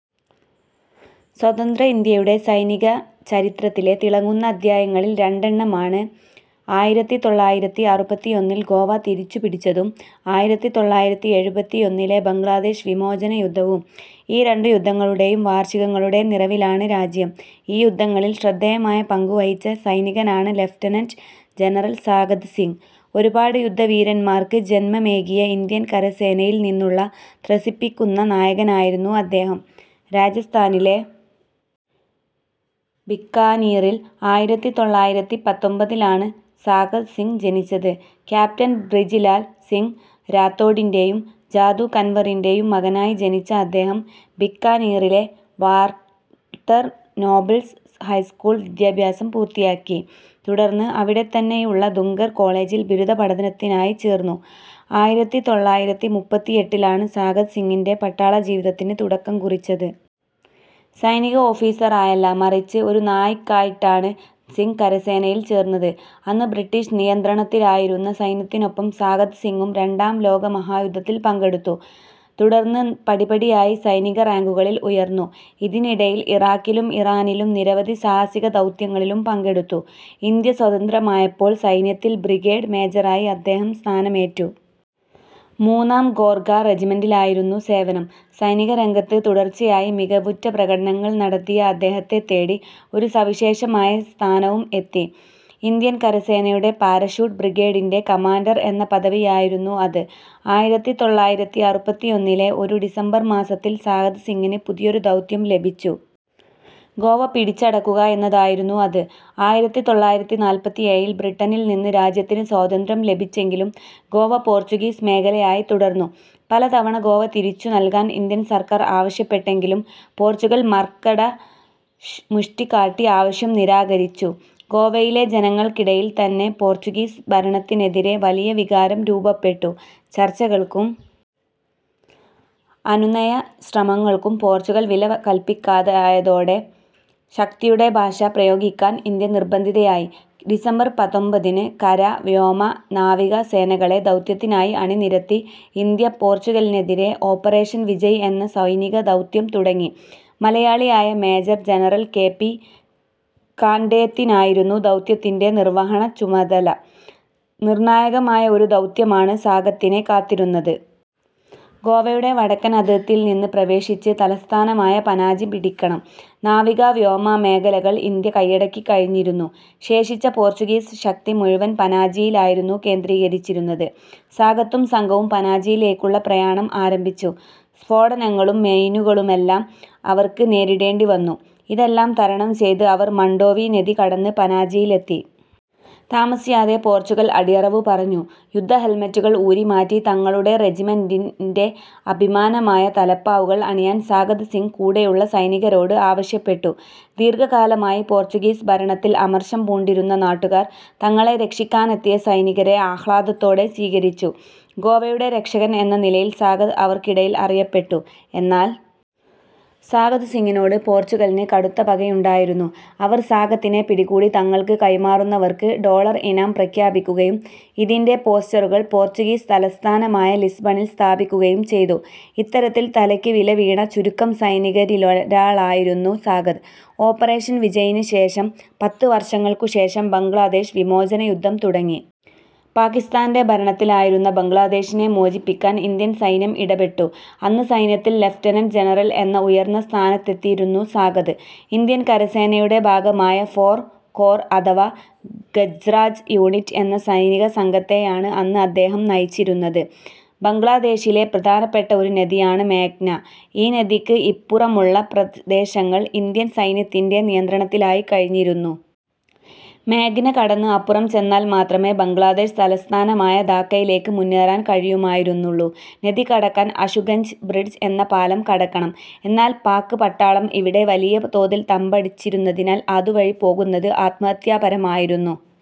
സ്വതന്ത്ര ഇന്ത്യയുടെ സൈനിക ചരിത്രത്തിലെ തിളങ്ങുന്ന അധ്യായങ്ങളിൽ രണ്ടെണ്ണമാണ് ആയിരത്തി തൊള്ളായിരത്തി അറുപത്തിയൊന്നിൽ ഗോവ തിരിച്ചുപിടിച്ചതും ആയിരത്തി തൊള്ളായിരത്തി എഴുപത്തിയൊന്നിലെ ബംഗ്ലാദേശ് വിമോചനയുദ്ധവും. ഈ രണ്ടു യുദ്ധങ്ങളുടെയും വാർഷികങ്ങളുടെ നിറവിലാണ് രാജ്യം. ഈ യുദ്ധങ്ങളിൽ ശ്രദ്ധേയമായ പങ്കുവഹിച്ച സൈനികനാണ് ലഫ്റ്റനന്റ് ജനറൽ സാഗത് സിങ്. ഒരുപാട് യുദ്ധവീരന്മാർക്ക് ജന്മമേകിയ ഇന്ത്യൻ കരസേനയിൽ നിന്നുള്ള ത്രസിപ്പിക്കുന്ന നായകനായിരുന്നു അദ്ദേഹം. രാജസ്ഥാനിലെ ബിക്കാനീറിൽ ആയിരത്തി തൊള്ളായിരത്തി പത്തൊൻപതിലാണ് സാഗത് സിങ് ജനിച്ചത്. ക്യാപ്റ്റൻ ബ്രിജിലാൽ സിങ് രാത്തോഡിന്റെയും ജാദൂ കൻവറിന്റെയും മകനായി ജനിച്ച അദ്ദേഹം ബിക്കാനീറിലെ വാൾട്ടർ നോബിൾസ് ഹൈസ്കൂളിൽ വിദ്യാഭ്യാസം പൂർത്തിയാക്കി. തുടർന്ന് അവിടെത്തന്നെയുള്ള ദുംഗർ കോളേജിൽ ബിരുദപഠനത്തിനായി ചേർന്നു. ആയിരത്തി തൊള്ളായിരത്തി മുപ്പത്തിയെട്ടിലാണ് സാഗത് സിങ്ങിന്റെ പട്ടാളജീവിതത്തിന് തുടക്കം കുറിച്ചത്. സൈനിക ഓഫീസറായല്ല മറിച്ച് ഒരു നായിക്കായിട്ടാണ് സിങ് കരസേനയിൽ ചേർന്നത്. അന്ന് ബ്രിട്ടീഷ് നിയന്ത്രണത്തിലായിരുന്ന സൈന്യത്തിനൊപ്പം സാഗത് സിങ്ങും രണ്ടാം ലോകമഹായുദ്ധത്തിൽ പങ്കെടുത്തു. തുടർന്ന് പടിപടിയായി സൈനിക റാങ്കുകളിൽ ഉയർന്നു. ഇതിനിടയിൽ ഇറാഖിലും ഇറാനിലും നിരവധി സാഹസിക ദൗത്യങ്ങളിലും പങ്കെടുത്തു. ഇന്ത്യ സ്വതന്ത്രമായപ്പോൾ സൈന്യത്തിൽ ബ്രിഗേഡ് മേജറായി അദ്ദേഹം സ്ഥാനമേറ്റു. മൂന്നാം ഗോർഖ റെജിമെന്റിലായിരുന്നു സേവനം. സൈനികരംഗത്ത് തുടർച്ചയായി മികവുറ്റ പ്രകടനങ്ങൾ നടത്തിയ അദ്ദേഹത്തെ തേടി ഒരു സവിശേഷമായ സ്ഥാനവും എത്തി. ഇന്ത്യൻ കരസേനയുടെ പാരഷൂട്ട് ബ്രിഗേഡിന്റെ കമാൻഡർ എന്ന പദവിയായിരുന്നു അത്. ആയിരത്തി തൊള്ളായിരത്തി അറുപത്തിയൊന്നിലെ ഒരു ഡിസംബർ മാസത്തിൽ സാഗത് സിങ്ങിന് പുതിയൊരു ദൗത്യം ലഭിച്ചു. ഗോവ പിടിച്ചടക്കുക എന്നതായിരുന്നു അത്. ആയിരത്തി തൊള്ളായിരത്തി നാല്പത്തിയേഴിൽ ബ്രിട്ടനിൽ നിന്ന് രാജ്യത്തിന് സ്വാതന്ത്ര്യം ലഭിച്ചെങ്കിലും ഗോവ പോർച്ചുഗീസ് മേഖലയായി തുടർന്നു. പലതവണ ഗോവ തിരിച്ചുനൽകാൻ ഇന്ത്യൻ സർക്കാർ ആവശ്യപ്പെട്ടെങ്കിലും പോർച്ചുഗൽ മർക്കടമുഷ്ടി കാട്ടി ആവശ്യം നിരാകരിച്ചു. ഗോവയിലെ ജനങ്ങൾക്കിടയിൽ തന്നെ പോർച്ചുഗീസ് ഭരണത്തിനെതിരെ വലിയ വികാരം രൂപപ്പെട്ടു. ചർച്ചകൾക്കും അനുനയശ്രമങ്ങൾക്കും പോർച്ചുഗൽ വിലകൽപിക്കാതായതോടെ ശക്തിയുടെ ഭാഷ പ്രയോഗിക്കാൻ ഇന്ത്യ നിർബന്ധിതയായി. ഡിസംബർ പത്തൊൻപതിന് കര, വ്യോമ, നാവിക സേനകളെ ദൗത്യത്തിനായി അണിനിരത്തി ഇന്ത്യ പോർച്ചുഗലിനെതിരെ ഓപ്പറേഷൻ വിജയ് എന്ന സൈനികദൗത്യം തുടങ്ങി. മലയാളിയായ മേജർ ജനറൽ കെ. പി. കാൻഡേത്തിനായിരുന്നു ദൗത്യത്തിന്റെ നിർവഹണചുമതല. നിർണായകമായ ഒരു ദൗത്യമാണ് സാഗത്തിനെ കാത്തിരുന്നത്. ഗോവയുടെ വടക്കൻ അതിർത്തിയിൽ നിന്ന് പ്രവേശിച്ച് തലസ്ഥാനമായ പനാജി പിടിക്കണം. നാവിക, വ്യോമ മേഖലകൾ ഇന്ത്യ കൈയടക്കിക്കഴിഞ്ഞിരുന്നു. ശേഷിച്ച പോർച്ചുഗീസ് ശക്തി മുഴുവൻ പനാജിയിലായിരുന്നു കേന്ദ്രീകരിച്ചിരുന്നത്. സാഗത്തും സംഘവും പനാജിയിലേക്കുള്ള പ്രയാണം ആരംഭിച്ചു. സ്ഫോടനങ്ങളും മൈനുകളുമെല്ലാം അവർക്ക് നേരിടേണ്ടിവന്നു. ഇതെല്ലാം തരണം ചെയ്ത് അവർ മണ്ഡോവി നദി കടന്ന് പനാജിയിലെത്തി. താമസിയാതെ പോർച്ചുഗൽ അടിയറവ് പറഞ്ഞു. യുദ്ധ ഹെൽമെറ്റുകൾ ഊരിമാറ്റി തങ്ങളുടെ റെജിമെന്റിന്റെ അഭിമാനമായ തലപ്പാവുകൾ അണിയാൻ സാഗത് സിങ് കൂടെയുള്ള സൈനികരോട് ആവശ്യപ്പെട്ടു. ദീർഘകാലമായി പോർച്ചുഗീസ് ഭരണത്തിൽ അമർഷം പൂണ്ടിരുന്ന നാട്ടുകാർ തങ്ങളെ രക്ഷിക്കാനെത്തിയ സൈനികരെ ആഹ്ലാദത്തോടെ സ്വീകരിച്ചു. ഗോവയുടെ രക്ഷകൻ എന്ന നിലയിൽ സാഗത് അവർക്കിടയിൽ അറിയപ്പെട്ടു. എന്നാൽ സാഗത് സിങ്ങിനോട് പോർച്ചുഗലിന് കടുത്ത പകയുണ്ടായിരുന്നു. അവർ സാഗത്തിനെ പിടികൂടി തങ്ങൾക്ക് കൈമാറുന്നവർക്ക് ഡോളർ ഇനാം പ്രഖ്യാപിക്കുകയും ഇതിന്റെ പോസ്റ്ററുകൾ പോർച്ചുഗീസ് തലസ്ഥാനമായ ലിസ്ബണിൽ സ്ഥാപിക്കുകയും ചെയ്തു. ഇത്തരത്തിൽ തലയ്ക്ക് വില വീണ ചുരുക്കം സൈനികരിലൊരാളായിരുന്നു സാഗത്. ഓപ്പറേഷൻ വിജയിന് ശേഷം പത്ത് വർഷങ്ങൾക്കു ശേഷം ബംഗ്ലാദേശ് വിമോചനയുദ്ധം തുടങ്ങി. പാക്കിസ്ഥാന്റെ ഭരണത്തിലായിരുന്ന ബംഗ്ലാദേശിനെ മോചിപ്പിക്കാൻ ഇന്ത്യൻ സൈന്യം ഇടപെട്ടു. അന്ന് സൈന്യത്തിൽ ലഫ്റ്റനന്റ് ജനറൽ എന്ന ഉയർന്ന സ്ഥാനത്തെത്തിയിരുന്നു സാഗത്. ഇന്ത്യൻ കരസേനയുടെ ഭാഗമായ ഫോർ കോർ അഥവാ ഗജ്രാജ് യൂണിറ്റ് എന്ന സൈനികസംഘത്തെയാണ് അന്ന് അദ്ദേഹം നയിച്ചിരുന്നത്. ബംഗ്ലാദേശിലെ പ്രധാനപ്പെട്ട ഒരു നദിയാണ് മേഘ്ന. ഈ നദിക്ക് ഇപ്പുറമുള്ള പ്രദേശങ്ങൾ ഇന്ത്യൻ സൈന്യത്തിന്റെ നിയന്ത്രണത്തിലായിക്കഴിഞ്ഞിരുന്നു. മേഘ്ന കടന്ന് അപ്പുറം ചെന്നാൽ മാത്രമേ ബംഗ്ലാദേശ് തലസ്ഥാനമായ ധാക്കയിലേക്ക് മുന്നേറാൻ കഴിയുമായിരുന്നുള്ളൂ. നദി കടക്കാൻ അശുഗഞ്ച് ബ്രിഡ്ജ് എന്ന പാലം കടക്കണം. എന്നാൽ പാക് പട്ടാളം ഇവിടെ വലിയ തോതിൽ തമ്പടിച്ചിരുന്നതിനാൽ അതുവഴി പോകുന്നത് ആത്മഹത്യാപരമായിരുന്നു.